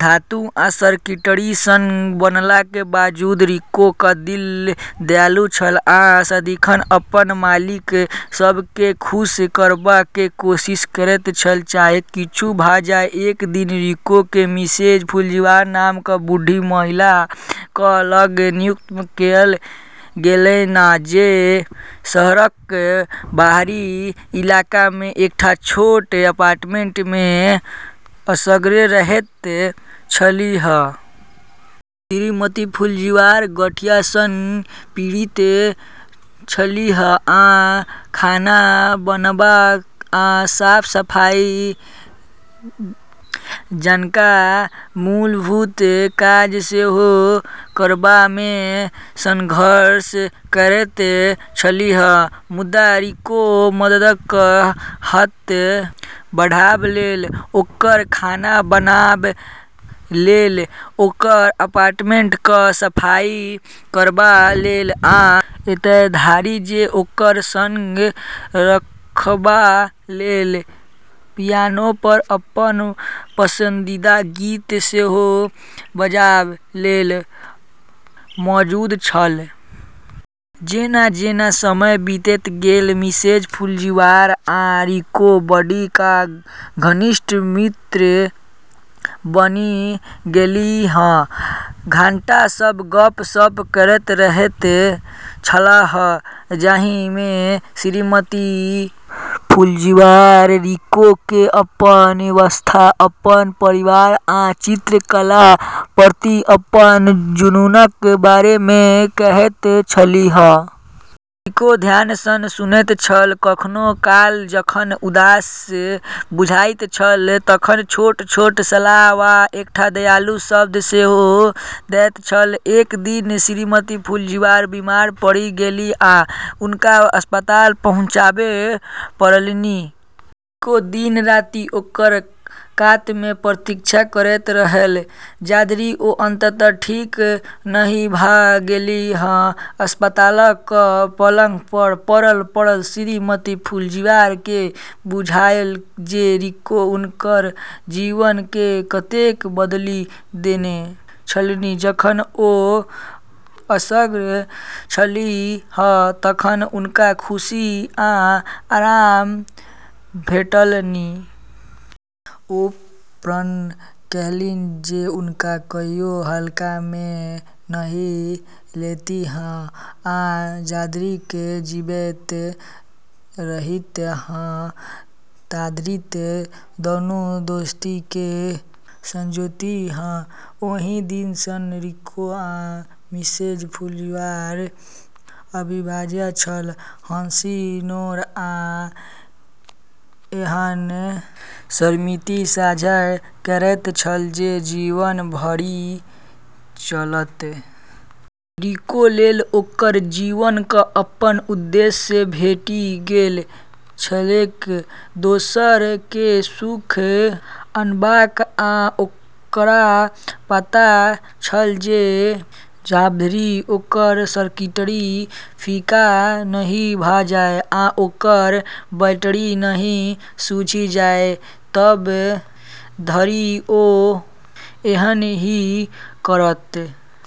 धातु आ सर्किटरी सँ बनलाक बावजूद रिकोक दिल दयालु छल आ सदिखन अपन मालिक सभ केँ खुश करबाक कोशिश करैत छल, चाहे किछु भऽ जाए। एक दिन रिको केँ मिसेज फुजीवारा नाम क बूढ़ी महिलाक लग नियुक्त कएल गेलैन, जे शहरक बाहरी इलाका मे एकटा छोट अपार्टमेंट मे असगरे रहैत छलीह। श्रीमती फुजीवारा गठिया सँ पीड़ित छलीह आ खाना बनाब आ साफ-सफाई जकाँ मूलभूत काज सेहो करबामे संघर्ष करैत छलीह। मुदा रिको मददक हात बढ़ाब लेल, ओकर खाना बनाब लेल, ओकर अपार्टमेंटक सफाई करबा लेल, आ एतय धरि जे ओकर संग राखबा लेल पियानो पर अपन पसंदीदा गीत सेहो बजाब लेल मौजूद छल। जेना-जेना समय बीतैत गेल, मिसेज फुजीवारा आ रिको बढ़ि कऽ घनिष्ठ मित्र बनि गेलीह। घंटा सभ गप्प-सप्प करैत रहैत छलाह, जाहि मे श्रीमती फुजीवारा रिको केँ अपन युवावस्था, अपन परिवार आ चित्रकलाक प्रति अपन जुनूनक बारे मे कहैत छलीह। रिको ध्यान सँ सुनैत छल, कखनो काल जखन उदास बुझाइत छल तखन छोट-छोट सलाह वा एकटा दयालु शब्द सेहो दैत छल। एक दिन श्रीमती फुजीवारा बीमार पड़ि गेलीह आ हुनका अस्पताल पहुँचाब पड़लनि। रिको दिन-राति ओकर कात मे प्रतीक्षा करैत रहल, जाधरि ओ अंततः ठीक नहि भऽ गेलीह। अस्पतालक पलंग पर पड़ल-पड़ल श्रीमती फुजीवारा केँ बुझायल जे रिको हुनकर जीवन केँ कतेक बदलि देने छलनि, जखन ओ असगर छलीह तखन हुनका खुशी आ आराम भेटलनि। ओ प्रण कएलनि जे हुनका कहियो हल्का मे नहि लेतीह आ जाधरि जीबैत रहतीह ताधरि दुनूक दोस्ती केँ संजोतीह। ओहि दिन सँ रिको आ मिसेज फुजीवारा अविभाज्य छल, हँसी, नोर, आ एहन स्मृति साझा करैत छल जे जीवन भरि चलत। रिको लेल ओकरा जीवनक अपन उद्देश्य भेटि गेल छलैक, दोसर केँ सुख आनबाक, आ ओकरा पता छल जे जबाधरि ओकर सर्किटरी फीका नहि भऽ जाए आ ओकर बैटरी नहि सूझि जाए, तब धरि ओ एहनही करत।